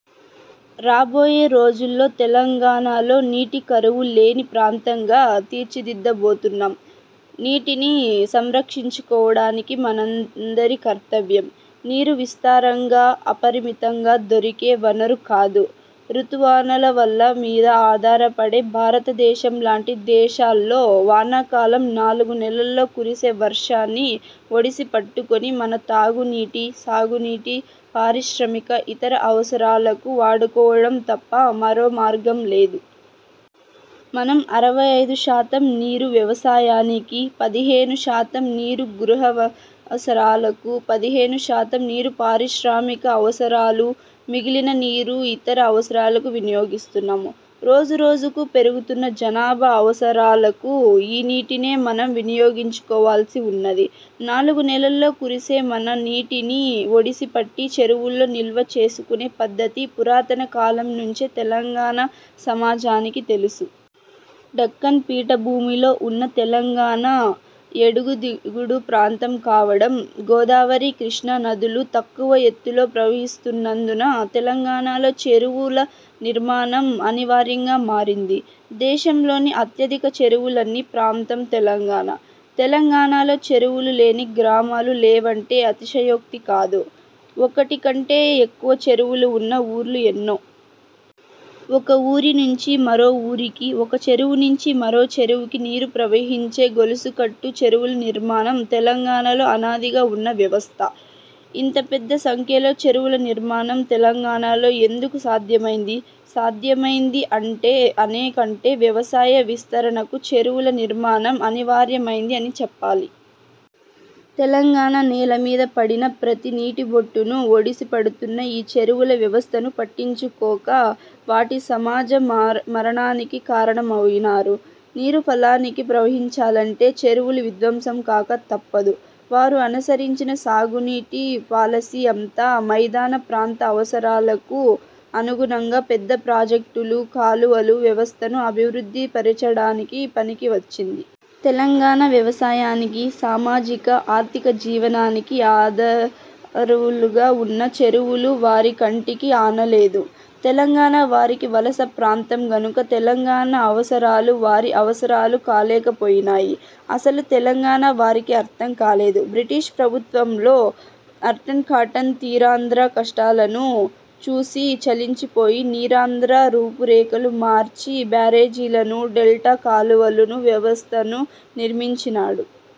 రాబోయే రోజుల్లో తెలంగాణలో నీటి కరువు లేని ప్రాంతంగా తీర్చిదిద్దబోతున్నాం. నీటిని సంరక్షించుకోవడం మనందరి కర్తవ్యం. నీరు విస్తారంగా, అపరిమితంగా దొరికే వనరు కాదు. ఋతువనాల మీద ఆధారపడే భారత దేశం లాంటి దేశాల్లో వానాకాలం నాలుగు నెలల్లో కురిసే వర్షాన్ని ఒడిసిపట్టుకొని మన తాగు నీటి, సాగునీటి, పారిశ్రామిక, ఇతర అవసరాలకు వాడుకోవడం తప్ప మరో మార్గం లేదు. మనం అరవై ఐదు శాతం నీరు వ్యవసాయానికి, పదిహేను శాతం నీరు గృహావసరాలకు, పదిహేను శాతం నీరు పారిశ్రామిక అవసరాలు, మిగిలిన నీరు ఇతర అవసరాలకు వినియోగిస్తాం. రోజు రోజుకు పెరుగుతున్న జనాభా అవసరాలకు ఈ నీటినే మనం వినియోగించుకోవాల్సి ఉన్నది. నాలుగు నెలల్లో కురిసే వాన నీటిని ఒడిసి పట్టి చెరువుల్లో నిల్వ చేసుకునే పద్ధతి పురాతన కాలం నుంచే తెలంగాణ సమాజానికి తెలుసు. దక్కన్ పీఠభూమిలో ఉన్న తెలంగాణ ఎగుడు దిగుడు ప్రాంతం కావడం, గోదావరి కృష్ణా నదులు తక్కువ ఎత్తులో ప్రవహిస్తున్నందున తెలంగాణలో చెరువుల నిర్మాణం అనివార్యంగా మారింది. దేశంలోనే అత్యధిక చెరువులున్న ప్రాంతం తెలంగాణ. తెలంగాణలో చెరువులు లేని గ్రామాలు లేవంటే అతిశయోక్తి కాదు. ఒకటి కంటె ఎక్కువ చెరువులు ఉన్న ఊర్లు ఎన్నో. ఒక ఊరి నుంచి మరో ఊరికి, ఒక చెరువు నుంచి మరో చెరువుకి నీరు ప్రవహించే గొలుసుకట్టు చెరువుల నిర్మాణం తెలంగాణలో అనాదిగా ఉన్న వ్యవస్థ. ఇంత పెద్ద సంఖ్యలో చెరువుల నిర్మాణం తెలంగాణలో ఎందుకు సాధ్యమైంది? సాధ్యమైంది అంటే అనే కంటే వ్యవసాయ విస్తరణకు చెరువు నిర్మాణం అనివార్యమైంది అని చెప్పాలి. తెలంగాణ నేల మీద పడిన ప్రతి నీటిబొట్టును ఒడిసి పడుతున్న ఈ చెరువుల వ్యవస్థను పట్టించుకోక వాటి సహజ మరణానికి కారణమయినారు. నీరు పల్లానికి ప్రవహించాలంటే చెరువులు విధ్వంసం కాక తప్పదు. వారు అనుసరించిన సాగునీటి పాలసీ అంతా మైదాన ప్రాంత అవసరాలకు అనుగుణంగా పెద్ద ప్రాజెక్టులు, కాలువల వ్యవస్థను అభివృద్ధి పరచడానికి పనికి వచ్చింది. తెలంగాణ వ్యవసాయానికి, సామాజిక, ఆర్థిక జీవనానికి అధరువులుగా ఉన్న చెరువులు వారి కంటికి ఆనలేదు. తెలంగాణ వారికి వలస ప్రాంతం కనుక తెలంగాణ అవసరాలు వారి అవసరాలు కాలేకపోయినాయి. అసలు తెలంగాణ వారికి అర్థం కాలేదు. బ్రిటిష్ ప్రభుత్వంలో ఆర్థర్ కాటన్ తీరాంధ్ర కష్టాలను చూసి చలించి పోయి తీరాంధ్ర రూపురేఖలు మార్చే బ్యారేజీలు, డెల్టా కాలువల వ్యవస్థను నిర్మించినాడు.